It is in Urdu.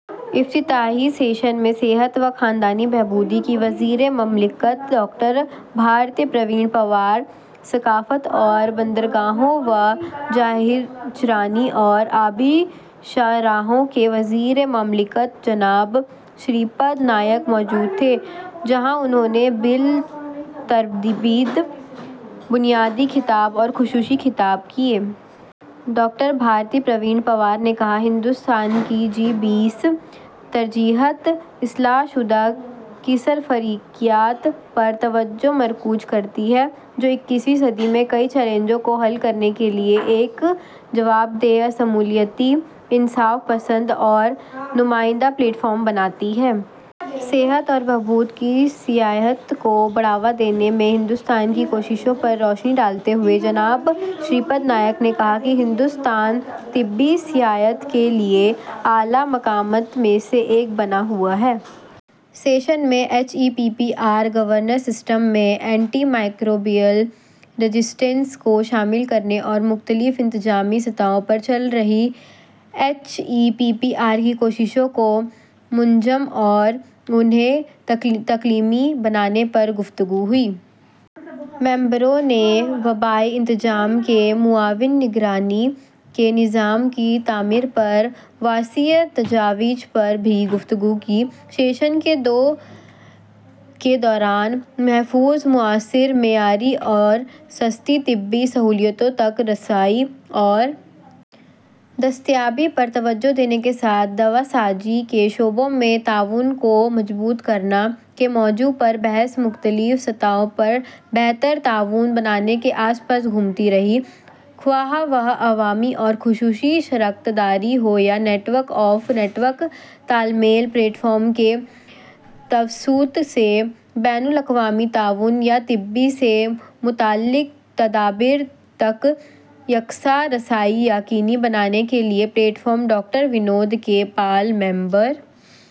افتتاحی سیشن میں صحت و خاندانی بہبود کی وزیر مملکت ڈاکٹر بھارتی پروین پوار، ثقافت اور بندرگاہوں و جہاز رانی اور آبی شاہراہوں کے وزیر مملکت جناب شری پد نائک موجود تھے، جہاں انہوں نے بالترتیب بنیادی خطاب اور خصوصی خطاب کیے۔ ڈاکٹر بھارتی پروین پوار نے کہا، "ہندوستان کی جی ٹوئنٹی ترجیحات اصلاح شدہ کثیر فریقیت پر توجہ مرکوز کرتی ہیں، جو اکیسویں صدی میں کئی چیلنجوں کو حل کرنے کے لیے ایک جواب دہ، شمولیتی، انصاف پسند اور نمائندہ پلیٹ فارم بناتی ہیں۔" صحت اور بہبود کی سیاحت کو بڑھاوا دینے میں ہندوستان کی کوششوں پر روشنی ڈالتے ہوئے جناب شری پد نائک نے کہا کہ ہندوستان طبی سیاحت کے لیے اعلیٰ مقامات میں سے ایک بنا ہوا ہے۔ سیشن میں H E P P R governance system میں اینٹی مائیکروبیئل ریزسٹنس کو شامل کرنے اور مختلف انتظامی سطحوں پر چل رہی H E P P R کی کوششوں کو منظم اور انہیں تکمیلی بنانے پر بات چیت ہوئی۔ ممبروں نے وبائی انتظام میں معاون نگرانی کے نظام کی تعمیر پر وسیع تجاویز پر بھی بات چیت کی۔ سیشن دو کے دوران "محفوظ، مؤثر، معیاری اور سستی طبی سہولتوں تک رسائی اور دستیابی پر توجہ دینے کے ساتھ دوا سازی کے شعبے میں تعاون کو مضبوط کرنا" کے موضوع پر بحث مختلف سطحوں پر بہتر تعاون بنانے کے آس پاس گھومتی رہی، خواہ وہ عوامی اور نجی شراکت داری ہو یا network of network تال میل پلیٹ فارم کے توسط سے بین الاقوامی تعاون، یا طب سے متعلق تدابیر تک یکساں رسائی یقینی بنانے کے لیے platform. Doctor Vinod K Paul, ممبر